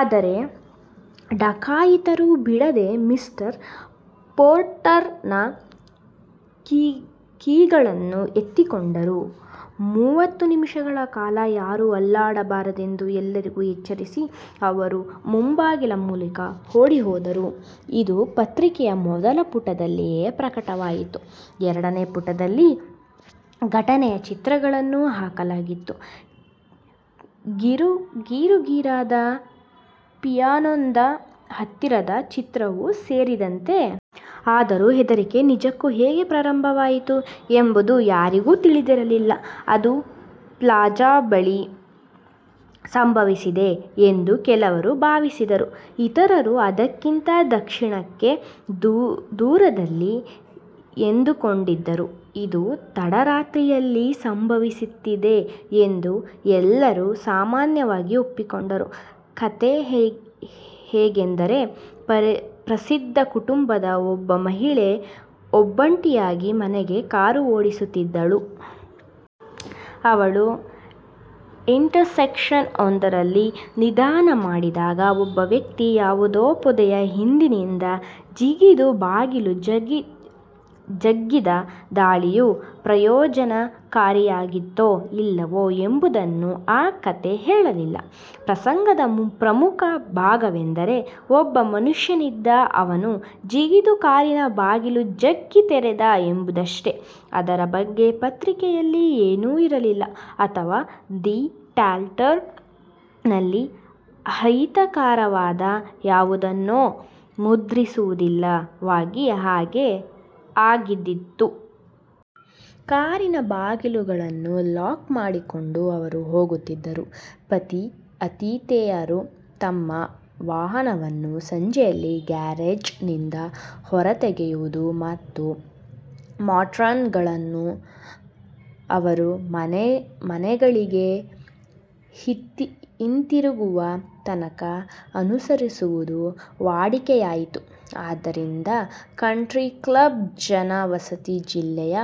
ಆದರೆ ಡಕಾಯಿತರು ಬಿಡದೆ mister Porter ನ ಕೀಗಳನ್ನು ಎತ್ತಿಕೊಂಡರು. ಮೂವತ್ತು ನಿಮಿಷಗಳ ಕಾಲ ಯಾರೂ ಅಲ್ಲಾಡಬಾರದೆಂದು ಎಲ್ಲರಿಗೂ ಎಚ್ಚರಿಸಿ ಅವರು ಮುಂಬಾಗಿಲ ಮೂಲಕ ಓಡಿಹೋದರು. ಇದು ಪತ್ರಿಕೆಯ ಮೊದಲ ಪುಟದಲ್ಲಿಯೇ ಪ್ರಕಟವಾಯಿತು. ಎಂಟನೇ ಪುಟದಲ್ಲಿ ಘಟನೆಯ ಚಿತ್ರಗಳನ್ನು ಹಾಕಲಾಗಿತ್ತು. ಗೀರುಗೀರಾದ ಪಿಯಾನೋದ ಹತ್ತಿರದ ಚಿತ್ರವೂ ಸೇರಿದಂತೆ. ಆದರೂ ಹೆದರಿಕೆ ನಿಜಕ್ಕೂ ಹೇಗೆ ಪ್ರಾರಂಭವಾಯಿತು ಎಂಬುದು ಯಾರಿಗೂ ತಿಳಿದಿರಲಿಲ್ಲ. ಇದು ಪ್ಲಾಜಾ ಬಳಿ ಸಂಭವಿಸಿದೆ ಎಂದು ಕೆಲವರು ಭಾವಿಸಿದರು, ಇತರರು ಅದಕ್ಕಿಂತ ದಕ್ಷಿಣಕ್ಕೆ ದೂರದಲ್ಲಿ ಎಂದುಕೊಂಡಿದ್ದರು ಇದು ತಡರಾತ್ರಿಯಲ್ಲಿ ಸಂಭವಿಸಿದೆ ಎಂದು ಎಲ್ಲರೂ ಸಾಮಾನ್ಯವಾಗಿ ಒಪ್ಪಿಕೊಂಡರು. ಕಥೆ ಹೇಗೆಂದರೆ, ಪ್ರಸಿದ್ಧ ಕುಟುಂಬದ ಒಬ್ಬ ಮಹಿಳೆ ಒಬ್ಬಂಟಿಯಾಗಿ ಮನೆಗೆ ಕಾರು ಓಡಿಸುತ್ತಿದ್ದಳು. ಅವಳು ಇಂಟರ್ಸೆಕ್ಷನ್ ಒಂದರಲ್ಲಿ ನಿಧಾನ ಮಾಡಿದ್ದಾಗ ಒಬ್ಬ ವ್ಯಕ್ತಿ ಯಾವುದೋ ಪೊದೆಯ ಹಿಂದಿನಿಂದ ಜಿಗಿದು ಬಾಗಿಲು ಜಗ್ಗಿದ್ದ. ದಾಳಿಯು ಪ್ರಯೋಜನಕಾರಿಯಾಗಿತ್ತೋ ಇಲ್ಲವೋ ಎಂಬುದನ್ನು ಆ ಕಥೆ ಹೇಳಲಿಲ್ಲ. ಪ್ರಸಂಗದ ಪ್ರಮುಖ ಭಾಗವೆಂದರೆ ಒಬ್ಬ ಮನುಷ್ಯನಿದ್ದ, ಅವನು ಜಿಗಿದು ಕಾರಿನ ಬಾಗಿಲು ಜಗ್ಗಿ ತೆರೆದ ಎಂಬುದಷ್ಟೇ. ಅದರ ಬಗ್ಗೆ ಪತ್ರಿಕೆಯಲ್ಲಿ ಏನೂ ಇರಲಿಲ್ಲ, ಅಥವಾ ದಿ ಟ್ಯಾಟ್ಲರ್ ನಲ್ಲಿ ಅಹಿತಕರವಾದ ಯಾವುದನ್ನೂ ಮುದ್ರಿಸುವುದಿಲ್ಲವಾಗಿ ಹಾಗೆ ಆಗಿದ್ದೀತು. ಕಾರಿನ ಬಾಗಿಲುಗಳನ್ನು ಲಾಕ್ ಮಾಡಿಕೊಂಡು ಅವರು ಹೋಗುತ್ತಿದ್ದರು. ಪತಿ-ಆತಿಥೇಯರು ತಮ್ಮ ವಾಹನವನ್ನು ಸಂಜೆಯಲ್ಲಿ ಗ್ಯಾರೇಜ್ ನಿಂದ ಹೊರತೆಗೆಯುವುದು ಮತ್ತು ಮಾಟ್ರಾನ್ ಗಳನ್ನು ಅವರು ಮನೆಗಳಿಗೆ ಹಿಂತಿರುಗುವ ತನಕ ಅನುಸರಿಸುವುದು ವಾಡಿಕೆಯಾಯಿತು. ಆದ್ದರಿಂದ ಕಂಟ್ರಿ ಕ್ಲಬ್ ಜನವಸತಿ ಜಿಲ್ಲೆಯ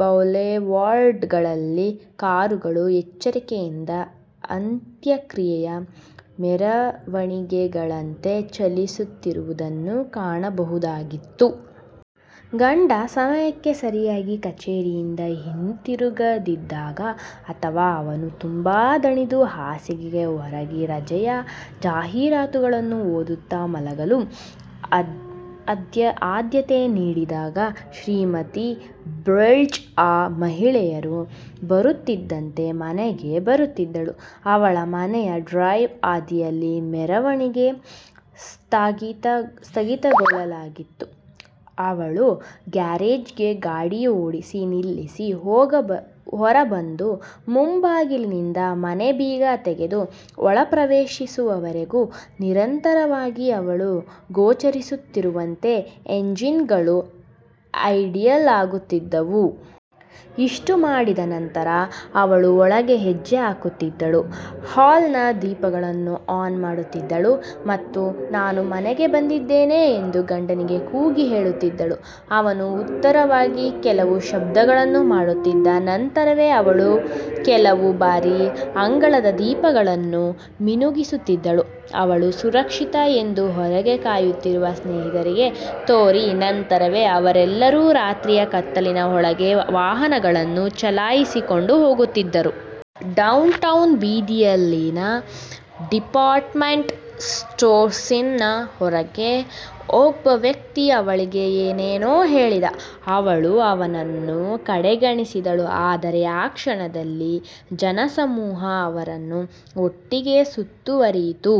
ಬೌಲೆವಾರ್ಡ್ ಗಳಲ್ಲಿ ಕಾರುಗಳು ಎಚ್ಚರಿಕೆಯಿಂದ ಅಂತ್ಯಕ್ರಿಯೆಯ ಮೆರವಣಿಗೆಗಳಂತೆ ಚಲಿಸುತ್ತಿರುವುದನ್ನು ಕಾಣಬಹುದಾಗಿತ್ತು. ಗಂಡ ಸಮಯಕ್ಕೆ ಸರಿಯಾಗಿ ಕಚೇರಿಯಿಂದ ಹಿಂತಿರುಗದಿದ್ದಾಗ, ಅಥವಾ ಅವನು ತುಂಬಾ ದಣಿದು ಹಾಸಿಗೆಗೆ ಒರಗಿ ರಜೆಯ ಜಾಹೀರಾತುಗಳನ್ನು ಓದುತ್ತ ಮಲಗಲು ಆದ್ಯತೆ ನೀಡಿದಾಗ ಶ್ರೀಮತಿ ಬ್ರಿಡ್ಜ್ ಆ ಮಹಿಳೆಯರು ಬರುತ್ತಿದ್ದಂತೆ ಮನೆಗೆ ಬರುತ್ತಿದ್ದಳು. ಅವಳ ಮನೆಯ ಡ್ರೈವ್ ಹಾದಿಯಲ್ಲಿ ಮೆರವಣಿಗೆ ಸ್ಥಗಿತಗೊಳ್ಳುತ್ತಲಿತ್ತು. ಅವಳು ಗ್ಯಾರೇಜ್ ಗೆ ಗಾಡಿ ಓಡಿಸಿ, ನಿಲ್ಲಿಸಿ ಹೊರಬಂದು ಮುಂಬಾಗಿಲಿನಿಂದ ಮನೆ ಬೀಗ ತೆಗೆದು ಒಳಪ್ರವೇಶಿಸುವವರೆಗೂ ನಿರಂತರವಾಗಿ ಅವಳು ಗೋಚರಿಸುತ್ತಿರುವಂತೆ ಎಂಜಿನ್ ಗಳು ಐಡಲ್ ಆಗುತ್ತಿದ್ದವು. ಇಷ್ಟು ಮಾಡಿದ ನಂತರ ಅವಳು ಒಳಗೆ ಹೆಜ್ಜೆ ಹಾಕುತ್ತಿದ್ದಳು. ಹಾಲ್ ನ ದೀಪಗಳನ್ನು ಆನ್ ಮಾಡುತ್ತಿದ್ದಳು ಮತ್ತು "ನಾನು ಮನೆಗೆ ಬಂದಿದ್ದೇನೆ" ಎಂದು ಗಂಡನಿಗೆ ಕೂಗಿ ಹೇಳುತ್ತಿದ್ದಳು. ಅವನು ಉತ್ತರವಾಗಿ ಕೆಲವು ಶಬ್ದಗಳನ್ನು ಮಾಡುತ್ತಿದ್ದ. ನಂತರವೇ ಅವಳು ಕೆಲವು ಬಾರಿ ಅಂಗಳದ ದೀಪಗಳನ್ನು ಮಿನುಗಿಸುತ್ತಿದ್ದಳು. ಅವಳು ಸುರಕ್ಷಿತ ಎಂದು ಹೊರಗೆ ಕಾಯುತ್ತಿರುವ ಸ್ನೇಹಿತರಿಗೆ ತೋರಿ, ನಂತರವೇ ಅವರೆಲ್ಲರೂ ರಾತ್ರಿಯ ಕತ್ತಲಿನ ಒಳಕ್ಕೆ ವಾಹನಗಳನ್ನು ಚಲಾಯಿಸಿಕೊಂಡು ಹೋಗುತ್ತಿದ್ದರು. ಡೌನ್ಟೌನ್ ಬೀದಿಯಲ್ಲಿನ ಡಿಪಾರ್ಟ್ಮೆಂಟ್ ಸ್ಟೋರ್ಸಿನ ಹೊರಗೆ ಒಬ್ಬ ವ್ಯಕ್ತಿ ಅವಳಿಗೆ ಏನನ್ನೋ ಹೇಳಿದ. ಅವಳು ಅವನನ್ನು ಕಡೆಗಣಿಸಿದಳು. ಆದರೆ ಆ ಕ್ಷಣದಲ್ಲಿ ಜನಸಮೂಹ ಅವರನ್ನು ಒಟ್ಟಿಗೆ ಸುತ್ತುವರಿಯಿತು.